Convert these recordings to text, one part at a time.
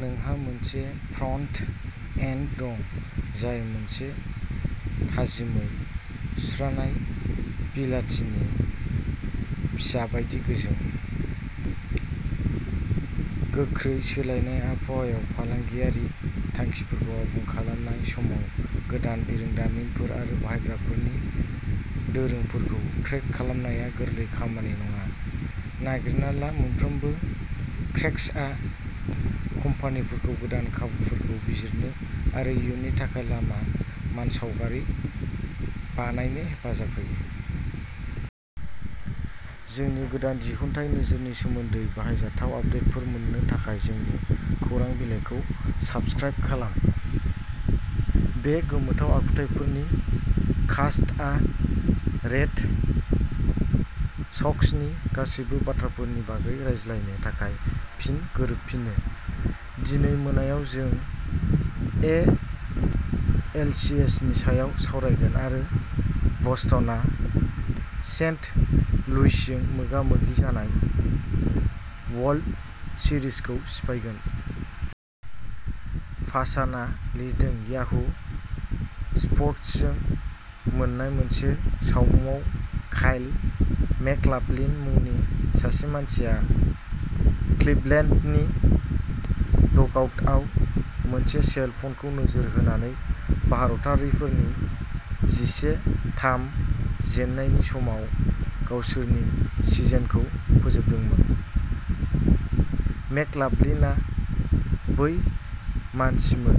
नोंहा मोनसे front end दं जाय मोनसे थाजिमै सुस्रानाय बिलाथिनि फिसा बायदि गोजों। गोख्रै सोलायनाय आबहावायाव फालांगियारि थांखिफोरखौ आबुं खालामनाय समाव गोदान बिरोंदामिनफोर आरो बाहायग्राफोरनि दोरोंफोरखौ ट्रेक खालामनाया गोरलै खामानि नङा। नागिरना ला माबोरै क्रेक्सआ कम्पानिफोरखौ गोदान खाबुफोरखौ बिजिरनो आरो इयुननि थाखाय लामा मानसावगारि बानायनो हेफाजाब होयो। जोंनि गोदान दिहुनथाइ नोजोरनि सोमोन्दै बाहायजाथाव आपदेटफोर मोन्नो थाखाय जोंनि खौरां बिलाइखौ साबस्क्राइब खालाम। बे गोमोथाव आखुथाइफोरनि कास्टआ रेड सक्सनि गासैबो बाथ्राफोरनि बागै रायज्लायनो थाखाय फिन गोरोबफिनो। दिनै मोनायाव जों एएलसीएसनि सायाव सावरायगोन आरो बस्टनआ सेन्ट लुइसजों मोगा मोगि जानाय वर्ल्ड सिरिजखौ सिफायगोन। पासानआ लिरदों याहू स्प'र्ट्सजों मोन्नाय मोनसे सावमुआव काइल मेकलाफलिन मुंनि सासे मानसिया क्लिभलेन्डनि डगआउटआव मोनसे सेल फनखौ नोजोर होनानै भारतारिफोरनि जिसे/थाम जेननायनि समाव गावसोरनि सिजेनखौ फोजोबदोंमोन। मेकलाफलिनआ बै मानसिमोन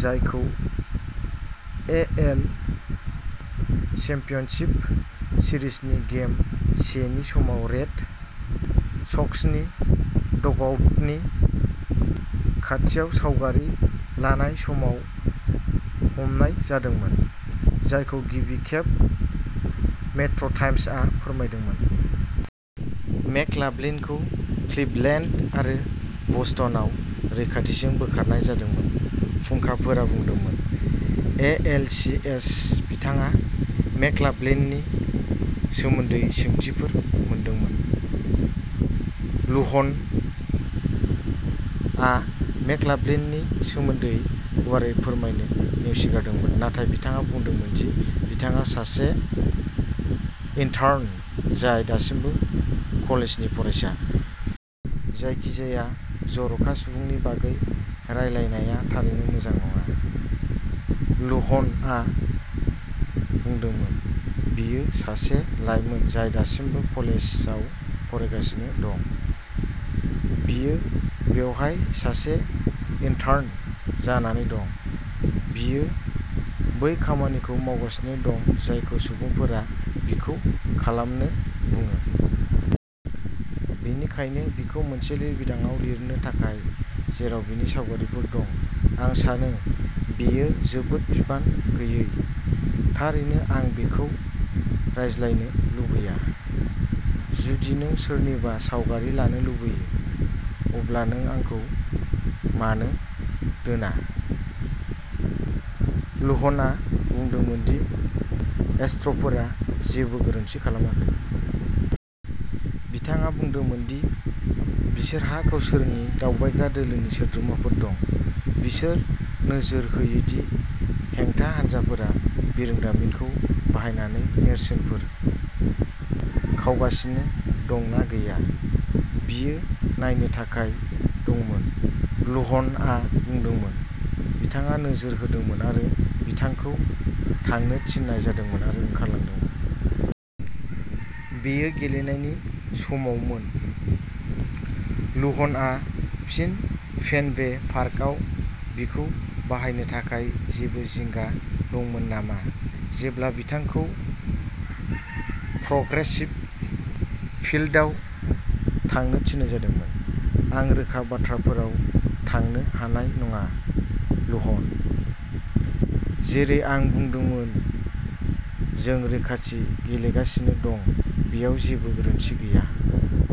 जायखौ एएल चेम्पियनशिप सिरिजनि गेम से नि समाव रेड सक्सनि डगआउटनि खाथियाव सावगारि लानाय समाव हमनाय जादोंमोन, जायखौ गिबि खेब मेट्र'टाइम्सआ फोरमायदोंमोन। मेकलाफलिनखौ क्लिभलेन्ड आरो बस्टनआव रैखाथिजों बोखारनाय जादोंमोन फुंखाफोरा बुंदोंमोन। ए. एल. सी. एस. बिथाङा मेकलाफलिननि सोमोन्दै सोंथिफोर मोनदोंमोन। लुहन'आ मेकलाफलिननि सोमोन्दै गुवारै फोरमायनो नेवसिगारदोंमोन नाथाय बिथाङा बुंदोंमोन दि बिथाङा सासे इन्टार्न जाय दासिमबो कलेजनि फरायसा। "जायखिजाया जर'खा सुबुंनि बागै रायलायनाया थारैनो मोजां नङा", लुहन'आ बुंदोंमोन। "बेयो सासे लाइमोन जाय दासिमबो कलेजाव फरायगासिनो दं। बियो बेवहाय सासे इन्टार्न जानानै दं। बियो बै खामानिखौ मावगासिनो दं जायखौ सुबुंफोरा बिखौ खालामनो बुङो। बेनिखायनो बिखौ मोनसे लिरबिदांआव लिरनो थाखाय जेराव बिनि सावगारिफोर दं, आं सानो बेयो जोबोद बिबान गैयै। थारैनो, आं बेखौ रायज्लायनो लुबैया। जुदि नों सोरनिबा सावगारि लानो लुबैयो, अब्ला नों आंखौ मानो दोना। लुह्न'आ बुंदोंमोन दि एस्ट्र'फोरा जेबो गोरोन्थि खालामाखै। बिथाङा बुंदोंमोन दि बिसोरहा गावसोरनि दावबायग्रा दोलोनि सोद्रोमाफोर दं, बिसोर नोजोर होयो दि हेंथा हानजाफोरा बिरोंदामिनखौ बाहायनानै नेरसोनफोर खावगासिनो दं ना गैया। बियो नायनो थाखाय दंमोन लुह्न'आ बुंदोंमोन। बिथाङा नोजोर होदोंमोन आरो बिथांखौ थांनो थिननाय जादोंमोन आरो ओंखारलांदोंमोन। बेयो गेलेनायनि समावमोन लुह्न'आ फिन फेनवे पार्कआव बिखौ बाहायनो थाखाय जेबो जिंगा दंमोन नामा, जेब्ला बिथांखौ प्रग्रेसिव फील्डआव थांनो थिननाय जादोंमोन? आं रोखा बाथ्राफोराव थांनो हानाय नङा लुह्न'। जेरै आं बुंदोंमोन जों रैखाथि गेलेगासिनो दं बेयाव जेबो गोरोन्थि गैया।